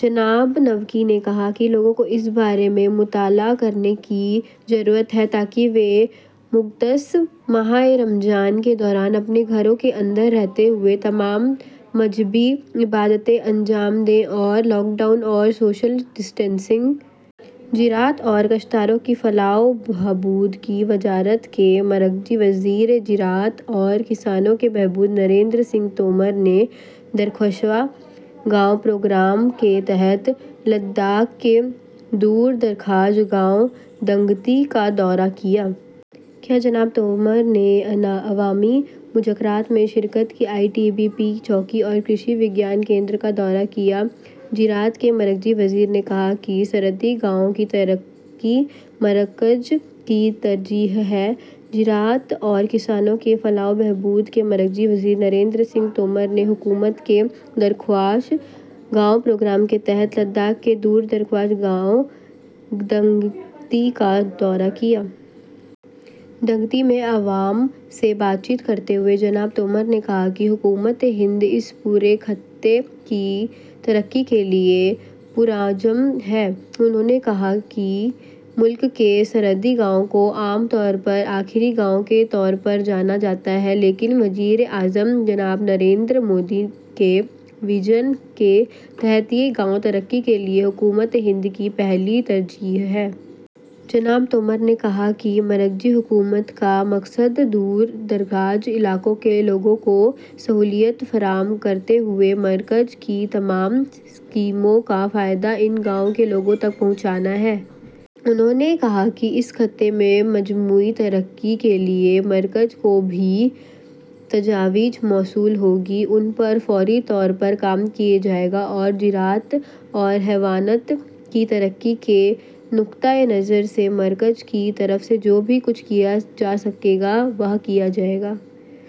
جناب نقوی نے کہا کہ لوگوں کو اِس بارے میں مطلع کرنے کی ضرورت ہے تاکہ وہ مقدس ماہ رمضان کے دوران اپنے گھروں کے اندر رہتے ہوئے تمام مذہبی عبادتیں انجام دیں اور لاک ڈاؤن اور سوشل ڈسٹینسنگ. زراعت اور کاشتکاروں کی فلاح و بہبود کی وزارت زراعت اورکسانوں کے بہبود کے مرکزی وزیر نریندرسنگھ تومر نے درخشاں گاؤں پروگرام کے تحت لداخ کے دور دراز کے گاؤں دنگتی کا دورہ کیا جناب تومر نے عوامی مذاکرات میں شرکت کی ، آئی ٹی بی پی چوکی اورکرشی وگیان کیندر کا دورہ کیا زراعت کے مرکزی وزیر نے کہاکہ سرحدی گاؤں کی ترقی مرکز کی ترجیح ہے زراعت اورکسانوں کے بہبود کے مرکزی وزیر نریندرسنگھ تومر نے حکومت کے درخشاں گاؤں پروگرام کے تحت لداخ کے دور دراز کے گاؤں دنگتی کا دورہ کیا۔ ڈنگتی میں عوام سے بات چیت کرتے ہوئے جناب تومر نے کہا کہ حکومت ہند اس پورے خطے کی ترقی کے لیے پرعزم ہے۔ انہوں نے کہا کہ ملک کے سرحدی گاؤں کو عام طور پر آخری گاؤں کے طور پر جانا جاتا ہے، لیکن وزیر اعظم جناب نریندر مودی کے وژن کے تحت یہ گاؤں ترقی کے لیے حکومت ہند کی پہلی ترجیح ہیں۔ جناب تومر نے کہا کہ مرکزی حکومت کا مقصد دور دراز علاقوں کے لوگوں کو سہولیات فراہم کرتے ہوئے مرکز کی تمام اسکیموں کا فائدہ ا ن گا ؤو ں کے لوگوں تک پہنچانا ہے۔ انہوں نے کہا کہ اس خطہ کی مجموعی ترقی کے لیے مرکز کو جو بھی تجاویز موصول ہوں گی، ان پر فوری کام کیا جائے گا اور زراعت اور حیوانات کی ترقی کے نقطہ نظر سے مرکز کی طرف سے جو کچھ کیا جا سکے گا، وہ کیا جائے گا۔